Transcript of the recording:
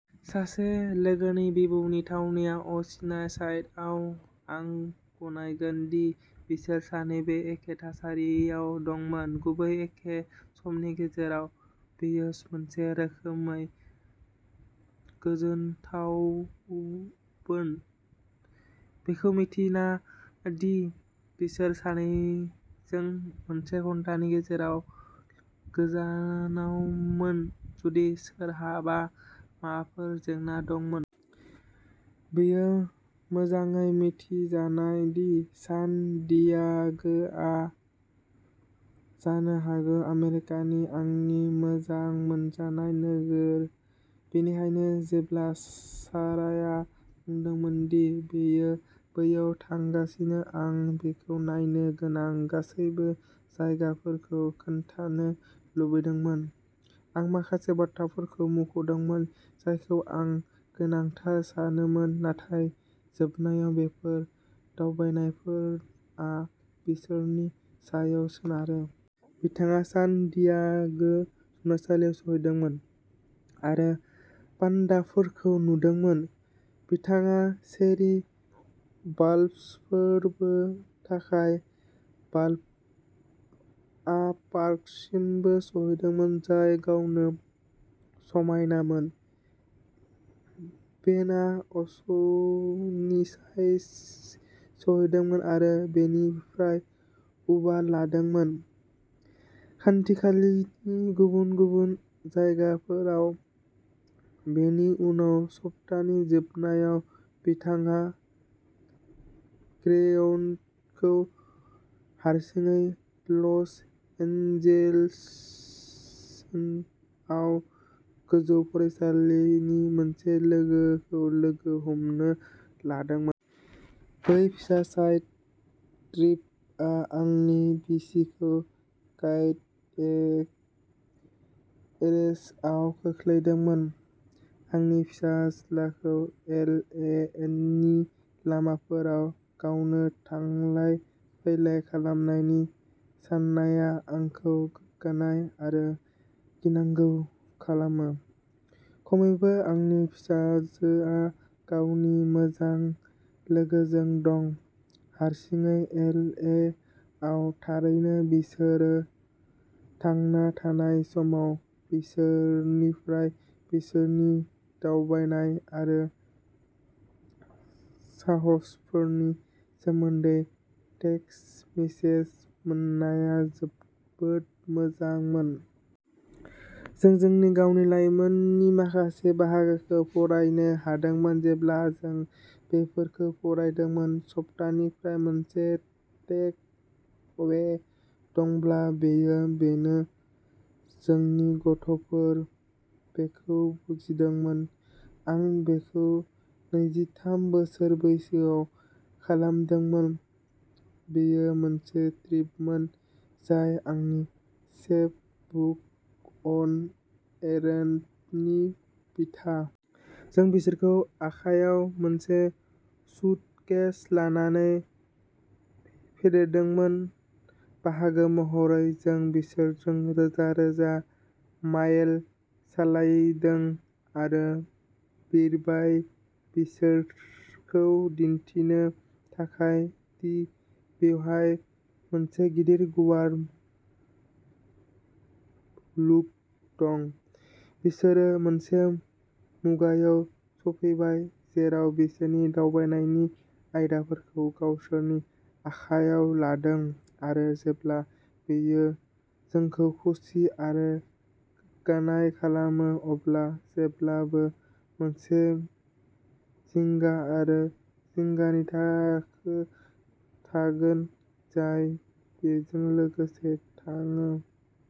सासे लोगोनि बिबौनि थावनिया अ'सिनसाइडआव। आं गनायगोन दि बिसोर सानैबो एखे थासारियाव दंमोन, गुबैयै एखे समनि गेजेराव। बेयो मोनसे रोखोमै गोजोनथावबोमोन, बेखौ मिन्थिना दि बिसोर सानैजों माखासे घन्टानि गेजेराव गोजानावमोन जुदि सोरहाबा माबाफोर जेंना दंमोन। बेयो मोजाङै मिथिजानाय दि सान डियागोआ जानो हागौ आमेरिकानि आंनि मोजां मोनजानाय नोगोर। बेनिखायनो जेब्ला साराया बुंदोंमोन दि बियो बैयाव थांगासिनो, आं बिखौ नायनो गोनां गासैबो जायगाफोरखौ खोन्थानो लुबैदोंमोन। आं माखासे बाथ्राफोरखौ मुंख'दोंमोन जायखौ आं गोनांथार सानोमोन, नाथाय जोबनायाव, बेफोर दावबायनायफोरा बिसोरनि सायाव सोनारो। बिथाङा सान डियागो जुनारसालियाव सौहैदोंमोन आरो पान्डाफोरखौ नुदोंमोन। बिथाङा चेरी ब्लसम फोरबोनि थाखाय बालब'आ पार्कसिमबो सौहैदोंमोन, जाय गावनो समायनामोन। बेनआ अ'सिनसाइडसिम सौहैदोंमोन आरो बेनिफ्राय उबार लादोंमोन। खाथिखालानि गुबुन गुबुन जायगाफोराव। बेनि उनाव, सप्तानि जोबनायाव, बिथाङा ग्रेहाउन्डखौ हारसिङै ल'स एन्जेल्सआव गोजौ फरायसालिनि सासे लोगोखौ लोगो हमनो लांदोंमोन। बै फिसा साइड ट्रिपआ आंनि बिसिखौ कार्डिएक एरेस्टआव खोख्लैदोंमोन। आंनि फिसाज्लाखौ एल ए नि लामाफोराव गावनो थांलाय फैलाय खालामनायनि साननाया आंखौ गोग्गानाय आरो गिनांगौ खालामो। खमैबो आंनि फिसाजोआ गावनि मोजां लोगोजों दं। हारसिङै एल ए आव थारैनो, बिसोर थांना थानाय समाव बिसोरनिफ्राय बिसोरनि दावबायनाय आरो साहसफोरनि सोमोन्दै टेक्सट मेसेज मोननाया जोबोद मोजांमोन। जों जोंनि गावनि लायमोननि माखासे बाहागोखौ फरायनो हादोंमोन जेब्ला जों बेफोरखौ फरायदोंमोन। सप्तानिफ्राय मोनसे टेक अवे दंब्ला, बेयो बेनो। जोंनि गथ'फोरा बेखौ बुजिदोंमोन। आं बेखौ नैजिथाम बोसोर बैसोआव खालामदोंमोन। बेयो मोनसे ट्रिपमोन जाय आंनि चैपबुक, अन ए र'डनि बिथा। जों बिसोरखौ आखायाव मोनसे सुटकेस लानानै फेदेरदोंमोन। बाहागो महरै। जों बिसोरजों रोजा रोजा माइल सालायदों आरो बिरबाय, बिसोरखौ दिन्थिनो थाखाय दि बेवहाय मोनसे गिदिर गुवार मुलुग दं। बिसोरो मोनसे मुगायाव सफैबाय जेराव बिसोरो दावबायनायनि आयदाफोरखौ गावसोरनि आखायाव लादों आरो जेब्ला बेयो जोंखौ खुसि आरो गोग्गानाय खालामो, अब्ला जेब्लाबो मोनसे जिंगा आरो जिंगानि थाखो थागोन जाय बेजों लोगोसे थाङो।